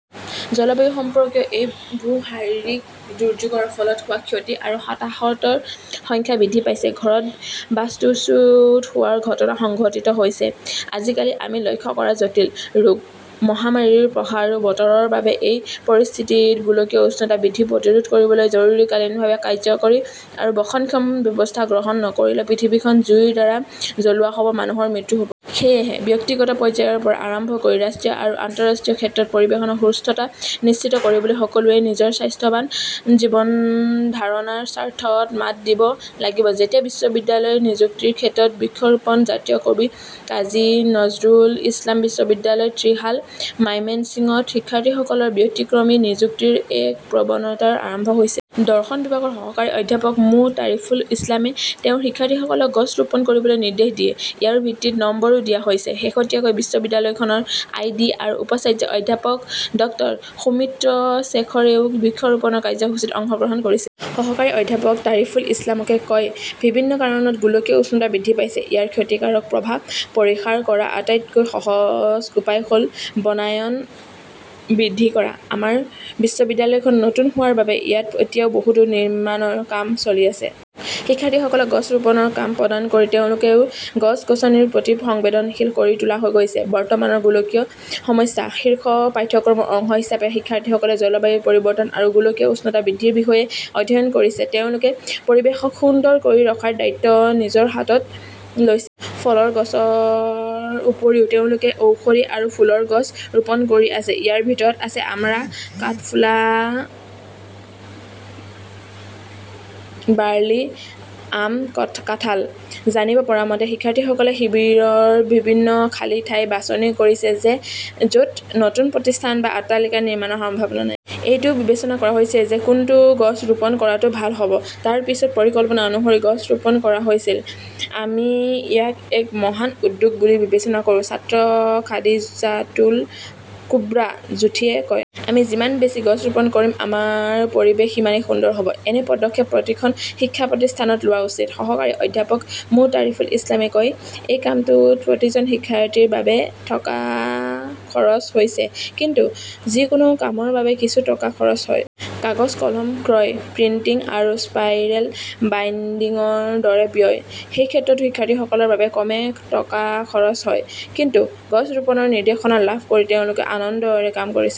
জলবায়ু সম্পৰ্কীয় এই ভূ-শাৰীৰিক দুৰ্যোগৰ ফলত হোৱা ক্ষতি আৰু হতাহাতৰ সংখ্যা বৃদ্ধি পাইছে। ঘৰত বাস্তুচ্যুত হোৱাৰ ঘটনা সংঘটিত হৈছে। আজিকালি আমি লক্ষ্য কৰা জটিল ৰোগ, মহামাৰীৰ প্ৰসাৰো বতৰৰ বাবে । এই পৰিস্থিতিত গোলকীয় উষ্ণতা বৃদ্ধি প্ৰতিৰোধ কৰিবলৈ জৰুৰীকালীনভাৱে কাৰ্যকৰী আৰু বহনক্ষম ব্যৱস্থা গ্ৰহণ নকৰিলে পৃথিৱীখন জুইৰ দ্বাৰা জ্বলোৱা হ'ব, মানুহৰ মৃত্যু হ'ব। সেয়েহে, ব্যক্তিগত পৰ্যায়ৰ পৰা আৰম্ভ কৰি ৰাষ্ট্ৰীয় আৰু আন্তঃৰাষ্ট্ৰীয় ক্ষেত্ৰত পৰিৱেশনৰ সুস্থতা নিশ্চিত কৰিবলৈ সকলোৱে নিজৰ স্বাস্থ্যৱান জীৱন ধাৰনাৰ স্বাৰ্থত মাত দিব লাগিব। যেতিয়া বিশ্ববিদ্যালয়ৰ নিযুক্তিৰ ক্ষেত্ৰত বৃক্ষৰোপণ জাতীয় কবি কাজী নজৰুল ইছলাম বিশ্ববিদ্যালয়, ত্ৰিশাল, মাইমেন্সিংত শিক্ষাৰ্থীসকলৰ ব্যতিক্ৰমী নিযুক্তিৰ এক প্ৰৱণতা আৰম্ভ হৈছে। দৰ্শন বিভাগৰ সহকাৰী অধ্যাপক মো. তাৰিফুল ইছলামে তেওঁৰ শিক্ষাৰ্থীসকলক গছ ৰোপণ কৰিবলৈ নিৰ্দেশ দিয়ে। ইয়াৰ ভিত্তিত নম্বৰো দিয়া হৈছে। শেহতীয়াকৈ বিশ্ববিদ্যালয়খনৰ আই. ডি. আৰু উপাচাৰ্য অধ্যাপক ড. সৌমিত্ৰ শেখৰেও বৃক্ষৰোপণৰ কাৰ্যসূচীত অংশগ্ৰহণ কৰিছিল। সহকাৰী অধ্যাপক তাৰিফুল ইছলামকে কয় বিভিন্ন কাৰণত গোলকীয় উষ্ণতা বৃদ্ধি পাইছে। ইয়াৰ ক্ষতিকাৰক প্ৰভাৱ পৰিহাৰ কৰাৰ আটাইতকৈ সহজ উপায় হ'ল বনায়ন বৃদ্ধি কৰা। আমাৰ বিশ্ববিদ্যালয়খন নতুন হোৱাৰ বাবে ইয়াত এতিয়াও বহুতো নিৰ্মাণৰ কাম চলি আছে। শিক্ষাৰ্থীসকলক গছ ৰোপণৰ কাম প্ৰদান কৰি তেওঁলোকেও গছ-গছনিৰ প্ৰতি সংবেদনশীল কৰি তোলা হৈছে। ''বৰ্তমানৰ গোলকীয় সমস্যা" শীৰ্ষক পাঠ্যক্ৰমৰ অংশ হিচাপে শিক্ষাৰ্থীসকলে জলবায়ু পৰিৱৰ্তন আৰু গোলকীয় উষ্ণতা বৃদ্ধিৰ বিষয়ে অধ্যয়ন কৰিছে। তেওঁলোকে পৰিৱেশক সুন্দৰ কৰি ৰখাৰ দায়িত্বও নিজৰ হাতত লৈছে। ফলৰ গছৰ উপৰিও তেওঁলোকে ঔষধি আৰু ফুলৰ গছ ৰোপণ কৰি আছে। ইয়াৰ ভিতৰত আছে আমৰা, কাঠফুলা, বাৰ্লি, আম, কাঁঠাল। জানিব পৰা মতে, শিক্ষাৰ্থীসকলে শিবিৰৰ বিভিন্ন খালী ঠাই বাছনি কৰিছে য 'ত নতুন প্ৰতিষ্ঠান বা অট্টালিকা নিৰ্মাণৰ সম্ভাৱনা নাই। এইটোও বিবেচনা কৰা হৈছে যে কোনটো গছ ৰোপণ কৰাটো ভাল হ 'ব। তাৰ পিছত পৰিকল্পনা অনুসৰি গছ ৰোপণ কৰা হৈছিল। "আমি ইয়াক এক মহান উদ্যোগ বুলি বিবেচনা কৰোঁ", ছাত্ৰ খাদিজাতুল কোব্ৰা জুথীয়ে কয়। আমি যিমান বেছি গছ ৰোপণ কৰিম, আমাৰ পৰিৱেশ সিমানেই সুন্দৰ হ'ব। এনে পদক্ষেপ প্ৰতিখন শিক্ষা প্ৰতিষ্ঠানত লোৱা উচিত। সহকাৰী অধ্যাপক মো. তাৰিফুল ইছলামই কয়, "এই কামটোত প্ৰতিজন শিক্ষাৰ্থীৰ বাবে ঠকা খৰচ হৈছিল। কিন্তু যিকোনো কামৰ বাবে কিছু টকা খৰচ হয়। কাগজ-কলম ক্ৰয়, প্ৰিণ্টিং আৰু স্পাইৰেল বাইণ্ডিংৰ দৰে ব্যয়। সেই ক্ষেত্ৰতো শিক্ষাৰ্থীসকলৰ বাবে কমে টকা খৰচ হয়। কিন্তু গছ ৰোপণৰ নিৰ্দেশনা লাভ কৰি তেওঁলোকে আনন্দৰে কাম কৰিছিল।